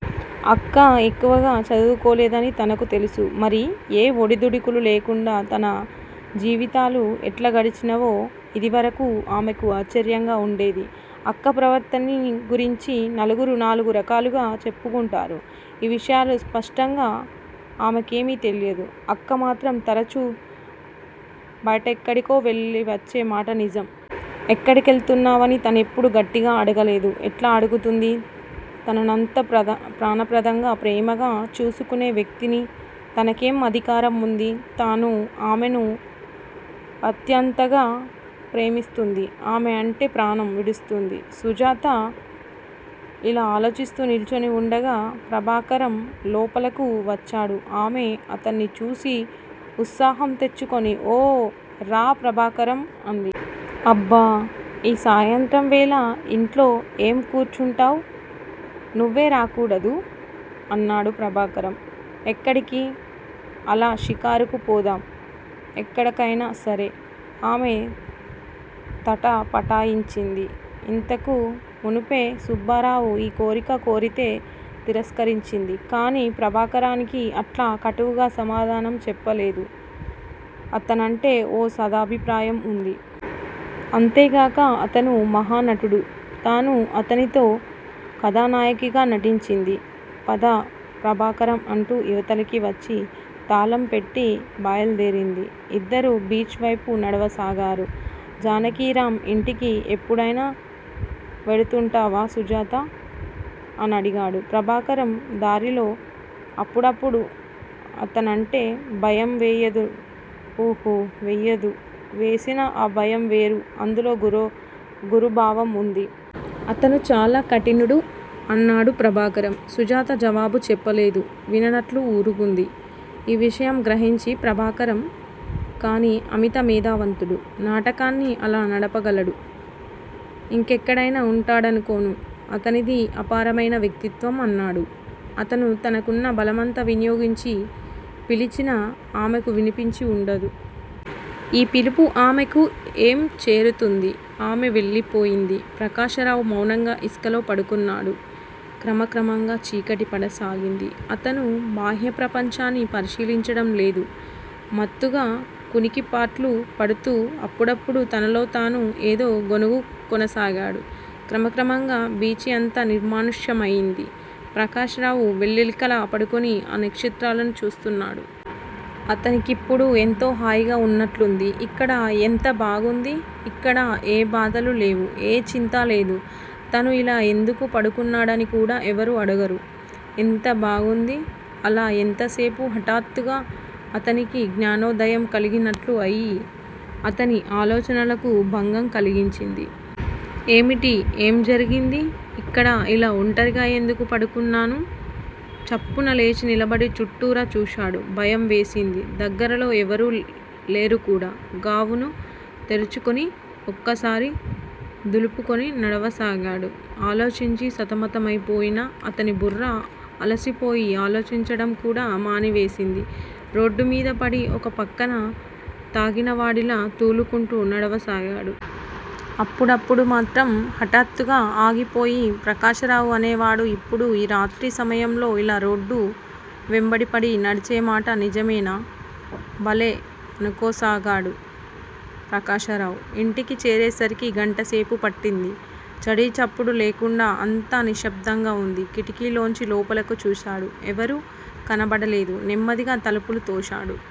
అక్క ఎక్కువగా చదువుకోలేదని తనకు తెలుసు. మరి ఏ ఒడిదుడుకులూ లేకుండా తమ జీవితాలు ఎట్లా గడిచినవో యిదివరకు ఆమెకు ఆశ్చర్యంగా వుండేది. అక్క ప్రవర్తనని గురించి నలుగురూ నాలుగురకాలుగా చెప్పుకుంటారు. ఈ విషయాలు స్పష్టంగా ఆమెకేమీ తెలియదు. అక్కమాత్రం తరచూ బయటెక్కడికో వెళ్ళివచ్చే మాట నిజం. ఎక్కడికెళుతున్నావని తనెప్పుడూ గట్టిగా అడగలేదు. ఎట్లా అడుగుతుంది? తననంత ప్రాణప్రదంగా, ప్రేమగా చూసుకునే వ్యక్తిని, తనకేం అధికారం వుంది? తను ఆమెను అత్యంతంగా ప్రేమిస్తుంది. ఆమె అంటే ప్రాణం విడుస్తుంది. సుజాత ఇలా ఆలోచిస్తూ నిలుచుని వుండగా ప్రభాకరం లోపలకు వచ్చాడు. ఆమె అతన్ని చూసి ఉత్సాహం తెచ్చుకుని, 'ఓ, రా ప్రభాకరం' అంది. అబ్బ! ఈ సాయంత్రంవేళ యింట్లో ఏం కూర్చుంటావు? నువ్వే రాకూడదూ? అన్నాడు ప్రభాకరం. ఎక్కడికి? అలా షికారుకు పోదాం. ఎక్కడకైనా సరే. ఆమె తటపాటాయించింది. ఇంతకుమునుపే సుబ్బారావు ఈ కోరిక కోరితే తిరస్కరించింది. కానీ ప్రభాకరానికి అట్లా కటువుగా సమాధానం చెప్పలేదు. అతనంటే ఓ సదభిప్రాయం వుంది. అంతేగాక అతను మహానటుడు. తను అతనితో కధానాయకిగా నటించింది. పద ప్రభాకరం అంటూ ఇవతలికి వచ్చి, తాళంపెట్టి బయల్దేరింది. ఇద్దరూ బీచ్ వైపు నడవసాగారు. జానకిరాం ఇంటికి ఎపుడైనా వెడుతుంటావా సుజాతా? అనడిగాడు ప్రభాకరం దారిలో. అప్పుడప్పుడూ. అతనంటే భయం వేయదూ? ఉహూ, వెయ్యదు. వేసినా ఆ భయంవేరు అందులో గురుభావం వుంది. అతను చాలా కఠినుడు అన్నాడు ప్రభాకరం. సుజాత జవాబు చెప్పలేదు. విననట్లు ఊరుకుంది. ఈ విషయం గ్రహించి ప్రభాకరం కానీ అమిత మేధావంతుడు. నాటకాన్ని అలా నడపగలవాడు యింకెక్కడైనా వుంటాడనుకోను. అతనిది అపారమైన వ్యక్తిత్వం. అన్నాడు. అతను తనకున్న బలమంతా వినియోగించి పిలిచినా ఆమెకు వినిపించి వుండదు. యీ పిలుపు ఆమెకు ఏం చేరుతుంది? ఆమె వెళ్ళిపోయింది. ప్రకాశరావు మౌనంగా ఇసుకలో పడుకొన్నాడు. క్రమక్రమంగా చీకటి పడసాగింది. అతను బాహ్య ప్రపంచాన్ని పరిశీలించటం లేదు. మత్తుగా కునికిపాట్లు పడుతూ అప్పుడప్పుడూ తనలోతాను ఏదో గొణుగుకోసాగాడు. క్రమక్రమంగా బీచి అంతా నిర్మానుష్యంమైంది. ప్రకాశరావు వెల్లకిలా పడుకొని ఆ నక్షత్రాలని చూస్తున్నాడు. అతనికిప్పుడు ఎంతో హాయిగా వున్నట్లుంది. ఇక్కడ యెంత బాగుంది? ఇక్కడ ఏ బాధలూ లేవు. ఏ చింతా లేదు. తను ఇలా యెందుకు పడుకున్నాడని కూడా ఎవరూ అడగరు. ఎంత బాగుంది? అలా యెంతసేపు? హఠాత్తుగా అతనికి జ్ఞానోదయం కలిగినట్లు అయి అతని ఆలోచనలకు భంగం కలిగించింది. ఏమిటి? ఏం జరిగింది? ఇక్కడ ఇలా ఒంటరిగా యెందుకు పడుకున్నాను. చప్పున లేచి నిలబడి చుట్టూరా చూశాడు. భయం వేసింది. దగ్గరలో ఎవరూ లేరుకూడా గావును. తేరుకుని ఒకసారి దులుపుకొని నడవసాగాడు. ఆలోచించి సతమతమైపోయిన అతని బుర్ర అలసిపోయి ఆలోచించటం కూడా మానివేసింది. రోడ్డుమీదపడి ఒక ప్రక్కగా తాగినవాడిలా తూలుకుంటూ నడవసాగాడు. అప్పుడప్పుడూ మాత్రం హఠాత్తుగా ఆగిపోయి ప్రకాశరావు అనేవాడు యిప్పుడు ఈ రాత్రి సమయంలో ఇలా రోడ్డు వెంబడిపడి నడిచేమాట నిజమేనా? భలే అనుకోసాగాడు. ప్రకాశరావు ఇంటికి చేరేసరికి గంటసేపు పట్టింది. చడీచప్పుడూ లేకుండా అంతా నిశ్శబ్దంగా వుంది. కిటికీలోంచి లోపలకు చూశాడు. ఎవరూ కనబడలేదు. నెమ్మదిగా తలుపులు తోశాడు.